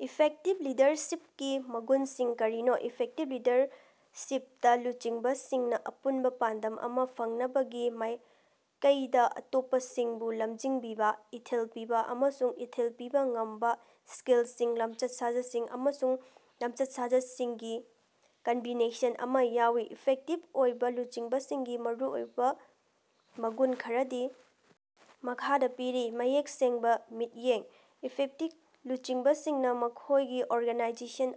Effective ꯂꯤꯗꯔꯁꯤꯄꯀꯤ ꯃꯒꯨꯟꯁꯤꯡ ꯀꯔꯤꯅꯣ? ꯏꯐꯦꯛꯇꯤꯕ ꯂꯤꯗꯔꯁꯤꯄꯇꯥ ꯂꯨꯆꯤꯡꯕꯁꯤꯡꯅꯥ ꯑꯄꯨꯟꯕꯥ ꯄꯥꯟꯗꯝ ꯑꯃꯥ ꯐꯪꯅꯕꯒꯤ ꯃꯥꯏꯀꯩꯗꯥ ꯑꯇꯣꯞꯄꯁꯤꯡꯕꯨ ꯂꯝꯖꯤꯡꯕꯤꯕꯥ, ꯏꯊꯤꯜ ꯄꯤꯕꯥ ꯑꯃꯁꯨꯡ ꯏꯊꯤꯜ ꯄꯤꯕꯥ ꯉꯝꯕꯥ ꯁ꯭ꯀꯤꯜꯁꯤꯡ, ꯂꯝꯆꯠ-ꯁꯥꯖꯠꯁꯤꯡ ꯑꯃꯁꯨꯡ ꯂꯝꯆꯠ-ꯁꯥꯖꯠꯁꯤꯡꯒꯤ ꯀꯝꯕꯤꯅꯦꯁꯟ ꯑꯃꯥ ꯌꯥꯎꯏ꯫ ꯏꯐꯦꯛꯇꯤꯕ ꯑꯣꯏꯕꯥ ꯂꯨꯆꯤꯡꯕꯁꯤꯡꯒꯤ ꯃꯔꯨꯑꯣꯏꯕꯥ ꯃꯒꯨꯟ ꯈꯔꯗꯤ ꯃꯈꯥꯗꯥ ꯄꯤꯔꯤ: ꯃꯌꯦꯛ ꯁꯦꯡꯕꯥ ꯃꯤꯠꯌꯦꯡ: ꯏꯐꯦꯛꯇꯤꯕ ꯂꯨꯆꯤꯡꯕꯁꯤꯡꯅꯥ ꯃꯈꯣꯏꯒꯤ ꯑꯣꯔꯒꯅꯥꯏꯖꯦꯁꯟ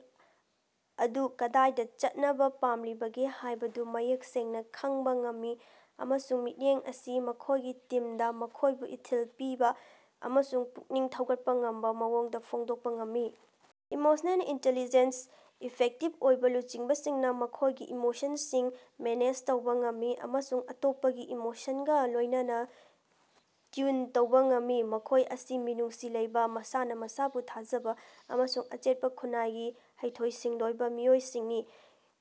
ꯑꯗꯨ ꯀꯗꯥꯏꯗꯥ ꯆꯠꯅꯕꯥ ꯄꯥꯝꯂꯤꯕꯒꯦ ꯍꯥꯏꯕꯗꯨ ꯃꯌꯦꯛ ꯁꯦꯡꯅꯥ ꯈꯪꯕꯥ ꯉꯝꯃꯤ ꯑꯃꯁꯨꯡ ꯃꯤꯠꯌꯦꯡ ꯑꯁꯤ ꯃꯈꯣꯏꯒꯤ ꯇꯤꯝꯗꯥ ꯃꯈꯣꯏꯕꯨ ꯏꯊꯤꯜ ꯄꯤꯕꯥ ꯑꯃꯁꯨꯡ ꯄꯨꯛꯅꯤꯡ ꯊꯧꯒꯠꯄꯥ ꯉꯝꯕꯥ ꯃꯑꯣꯡꯗꯥ ꯐꯣꯡꯗꯣꯛꯄꯥ ꯉꯝꯃꯤ꯫ ꯏꯃꯣꯁꯅꯦꯜ ꯏꯟꯇꯦꯂꯤꯖꯦꯟꯁ: ꯏꯐꯦꯛꯇꯤꯕ ꯑꯣꯏꯕꯥ ꯂꯨꯆꯤꯡꯕꯁꯤꯡꯅꯥ ꯃꯈꯣꯏꯒꯤ ꯏꯃꯣꯁꯟꯁꯤꯡ ꯃꯦꯅꯦꯖ ꯇꯧꯕꯥ ꯉꯝꯃꯤ ꯑꯃꯁꯨꯡ ꯑꯇꯣꯞꯄꯒꯤ ꯏꯃꯣꯁꯟꯒꯥ ꯂꯣꯏꯅꯅꯥ ꯇ꯭ꯌꯨꯟ ꯇꯧꯕꯥ ꯉꯝꯃꯤ꯫ ꯃꯈꯣꯏ ꯑꯁꯤ ꯃꯤꯅꯨꯡꯁꯤ ꯂꯩꯕꯥ, ꯃꯁꯥꯅꯥ ꯃꯁꯥꯕꯨ ꯊꯥꯖꯕꯥ ꯑꯃꯁꯨꯡ ꯑꯆꯦꯠꯄꯥ ꯈꯨꯟꯅꯥꯏꯒꯤ ꯍꯩꯊꯣꯏ-ꯁꯤꯡꯊꯣꯏꯕꯥ ꯃꯤꯑꯣꯏꯁꯤꯡꯅꯤ꯫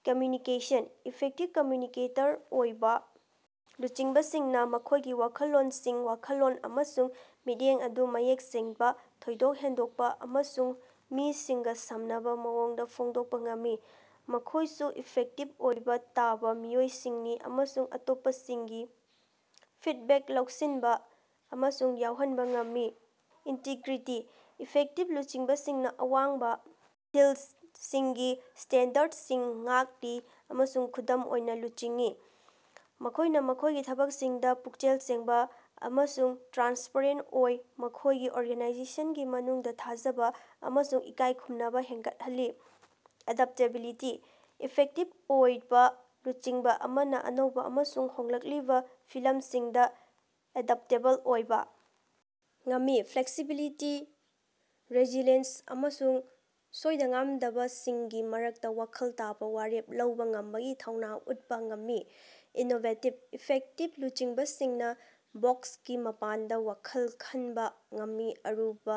ꯀꯝꯃꯌꯨꯅꯤꯀꯦꯁꯟ: ꯏꯐꯦꯛꯇꯤꯕ ꯀꯝꯃꯌꯨꯅꯤꯀꯦꯇꯔ ꯑꯣꯏꯕꯥ ꯂꯨꯆꯤꯡꯕꯁꯤꯡꯅꯥ ꯃꯈꯣꯏꯒꯤ ꯋꯥꯈꯜꯂꯣꯟꯁꯤꯡ, ꯋꯥꯈꯜꯂꯣꯟ ꯑꯃꯁꯨꯡ ꯃꯤꯠꯌꯦꯡ ꯑꯗꯨ ꯃꯌꯦꯛ ꯁꯦꯡꯕꯥ, ꯊꯣꯏꯗꯣꯛ ꯍꯦꯟꯗꯣꯛꯄꯥ ꯑꯃꯁꯨꯡ ꯃꯤꯁꯤꯡꯒꯥ ꯁꯝꯅꯕꯥ ꯃꯑꯣꯡꯗꯥ ꯐꯣꯡꯗꯣꯛꯄꯥ ꯉꯝꯃꯤ꯫ ꯃꯈꯣꯏꯁꯨ ꯏꯐꯦꯛꯇꯤꯕ ꯑꯣꯏꯕꯥ ꯇꯥꯕꯥ ꯃꯤꯑꯣꯏꯁꯤꯡꯅꯤ ꯑꯃꯁꯨꯡ ꯑꯇꯣꯞꯄꯁꯤꯡꯒꯤ ꯐꯤꯗꯕꯦꯛ ꯂꯧꯁꯤꯟꯕꯥ ꯑꯃꯁꯨꯡ ꯌꯥꯎꯍꯟꯕꯥ ꯉꯝꯃꯤ꯫ ꯏꯟꯇꯔꯤꯒ꯭ꯔꯤꯇꯤ: ꯏꯐꯦꯛꯇꯤꯕ ꯂꯨꯆꯤꯡꯕꯁꯤꯡꯅꯥ ꯑꯋꯥꯡꯕꯥ ꯏꯊꯤꯜꯒꯤ ꯁ꯭ꯇꯦꯟꯗꯔꯗꯁꯤꯡ ꯉꯥꯛꯂꯤ ꯑꯃꯁꯨꯡ ꯈꯨꯗꯝ ꯑꯣꯏꯅꯥ ꯂꯨꯆꯤꯡꯏ꯫ ꯃꯈꯣꯏꯅꯥ ꯃꯈꯣꯏꯒꯤ ꯊꯕꯛꯁꯤꯡꯗꯥ ꯄꯨꯛꯆꯦꯜ ꯁꯦꯡꯕꯥ ꯑꯃꯁꯨꯡ ꯇ꯭ꯔꯥꯟꯁꯄꯔꯦꯟꯇ ꯑꯣꯏ, ꯃꯈꯣꯏꯒꯤ ꯑꯣꯔꯒꯅꯥꯏꯖꯦꯁꯟꯒꯤ ꯃꯅꯨꯡꯗꯥ ꯊꯥꯖꯕꯥ ꯑꯃꯁꯨꯡ ꯏꯀꯥꯏꯈꯨꯝꯅꯕꯥ ꯍꯦꯟꯒꯠꯍꯜꯂꯤ꯫ ꯑꯦꯗꯞꯇꯦꯕꯤꯂꯤꯇꯤ: ꯏꯐꯦꯛꯇꯤꯕ ꯑꯣꯏꯕꯥ ꯂꯨꯆꯤꯡꯕꯥ ꯑꯃꯅꯥ ꯑꯅꯧꯕꯥ ꯑꯃꯁꯨꯡ ꯍꯣꯡꯂꯛꯂꯤꯕꯥ ꯐꯤꯚꯝꯁꯤꯡꯗꯥ ꯑꯦꯗꯞꯇꯦꯕꯜ ꯑꯣꯏꯕꯥ ꯉꯝꯃꯤ, ꯐ꯭ꯂꯦꯛꯁꯤꯕꯤꯂꯤꯇꯤ, ꯔꯦꯁꯤꯂꯤꯌꯦꯟꯁ ꯑꯃꯁꯨꯡ ꯁꯣꯏꯗ-ꯉꯥꯝꯗꯕꯁꯤꯡꯒꯤ ꯃꯔꯛꯇꯥ ꯋꯥꯈꯜ ꯇꯥꯕꯥ ꯋꯥꯔꯦꯞ ꯂꯧꯕꯥ ꯉꯝꯕꯒꯤ ꯊꯧꯅꯥ ꯎꯠꯄꯥ ꯉꯝꯃꯤ꯫ ꯏꯅꯣꯕꯦꯇꯤꯕ: ꯏꯐꯦꯛꯇꯤꯕ ꯂꯨꯆꯤꯡꯕꯁꯤꯡꯅꯥ ꯕꯣꯛꯁꯀꯤ ꯃꯄꯥꯟꯗꯥ ꯋꯥꯈꯜ ꯈꯟꯕꯥ ꯉꯝꯃꯤ, ꯑꯔꯨꯕꯥ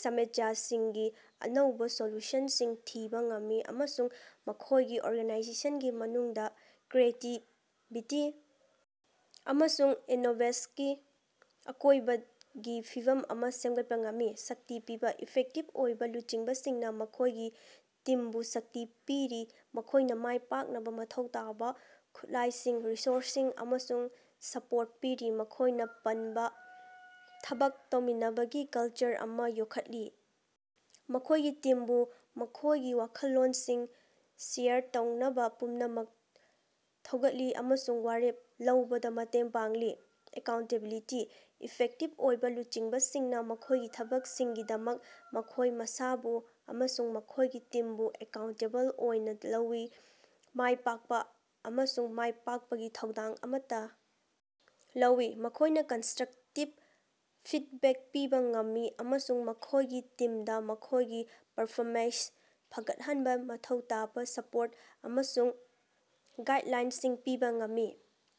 ꯁꯃꯁ꯭ꯌꯥꯁꯤꯡꯒꯤ ꯑꯅꯧꯕꯥ ꯁꯣꯂꯨꯁꯟꯁꯤꯡ ꯊꯤꯕꯥ ꯉꯝꯃꯤ ꯑꯃꯁꯨꯡ ꯃꯈꯣꯏꯒꯤ ꯑꯣꯔꯒꯅꯥꯏꯖꯦꯁꯟꯒꯤ ꯃꯅꯨꯡꯗꯥ ꯀ꯭ꯔꯤꯌꯦꯇꯤꯕꯤꯇꯤ ꯑꯃꯁꯨꯡ ꯏꯅꯣꯕꯦꯁꯀꯤ ꯑꯀꯣꯏꯕꯒꯤ ꯐꯤꯕꯝ ꯑꯃꯥ ꯁꯦꯝꯒꯠꯄꯥ ꯉꯝꯃꯤ꯫ ꯁꯛꯇꯤ ꯄꯤꯕꯥ: ꯏꯐꯦꯛꯇꯤꯕ ꯑꯣꯏꯕꯥ ꯂꯨꯆꯤꯡꯕꯁꯤꯡꯅꯥ ꯃꯈꯣꯏꯒꯤ ꯇꯤꯝꯕꯨ ꯁꯛꯇꯤ ꯄꯤꯔꯤ, ꯃꯈꯣꯏꯅꯥ ꯃꯥꯏ ꯄꯥꯛꯅꯕꯥ ꯃꯊꯧ ꯇꯥꯕꯥ ꯈꯨꯠꯂꯥꯏꯁꯤꯡ, ꯔꯤꯁꯣꯔꯁꯁꯤꯡ ꯑꯃꯁꯨꯡ ꯁꯄꯣꯔꯠ ꯄꯤꯔꯤ꯫ ꯃꯈꯣꯏꯅꯥ ꯄꯨꯟꯕ ꯊꯕꯛ ꯇꯧꯃꯤꯟꯅꯕꯒꯤ ꯀꯜꯆꯔ ꯑꯃꯥ ꯌꯣꯛꯈꯠꯂꯤ, ꯃꯈꯣꯏꯒꯤ ꯇꯤꯝꯕꯨ ꯃꯈꯣꯏꯒꯤ ꯋꯥꯈꯜꯂꯣꯟꯁꯤꯡ ꯁꯦꯌꯔ ꯇꯧꯅꯕꯥ ꯄꯨꯛꯃꯛ ꯊꯧꯒꯠꯂꯤ ꯑꯃꯁꯨꯡ ꯋꯥꯔꯦꯞ ꯂꯧꯕꯗꯥ ꯃꯇꯦꯡ ꯄꯥꯡꯂꯤ꯫ ꯑꯦꯀꯥꯎꯟꯇꯦꯕꯤꯂꯤꯇꯤ: ꯏꯐꯦꯛꯇꯤꯕ ꯑꯣꯏꯕꯥ ꯂꯨꯆꯤꯡꯕꯁꯤꯡꯅꯥ ꯃꯈꯣꯏꯒꯤ ꯊꯕꯛꯁꯤꯡꯒꯤꯗꯃꯛ ꯃꯈꯣꯏ ꯃꯁꯥꯕꯨ ꯑꯃꯁꯨꯡ ꯃꯈꯣꯏꯒꯤ ꯇꯤꯝꯕꯨ ꯑꯦꯀꯥꯎꯟꯇꯦꯕꯜ ꯑꯣꯏꯅꯥ ꯂꯧꯏ, ꯃꯥꯏ ꯄꯥꯛꯄꯥ ꯑꯃꯁꯨꯡ ꯃꯥꯏꯄꯥꯛꯄꯒꯤ ꯊꯧꯗꯥꯡ ꯑꯃꯠꯇꯥ ꯂꯧꯏ꯫ ꯃꯈꯣꯏꯅꯥ ꯀꯟꯁꯇꯔꯛꯇꯤꯕ ꯐꯤꯗꯕꯦꯛ ꯄꯤꯕꯥ ꯉꯝꯃꯤ ꯑꯃꯁꯨꯡ ꯃꯈꯣꯏꯒꯤ ꯇꯤꯝꯗꯥ ꯃꯈꯣꯏꯒꯤ ꯄꯔꯐꯣꯃꯦꯟꯁ ꯐꯒꯠꯍꯟꯅꯕꯥ ꯃꯊꯧ ꯇꯥꯕꯥ ꯁꯄꯣꯔꯠ ꯑꯃꯁꯨꯡ ꯒꯥꯏꯗꯂꯥꯏꯟꯁꯤꯡ ꯄꯤꯕꯥ ꯉꯝꯃꯤ꯫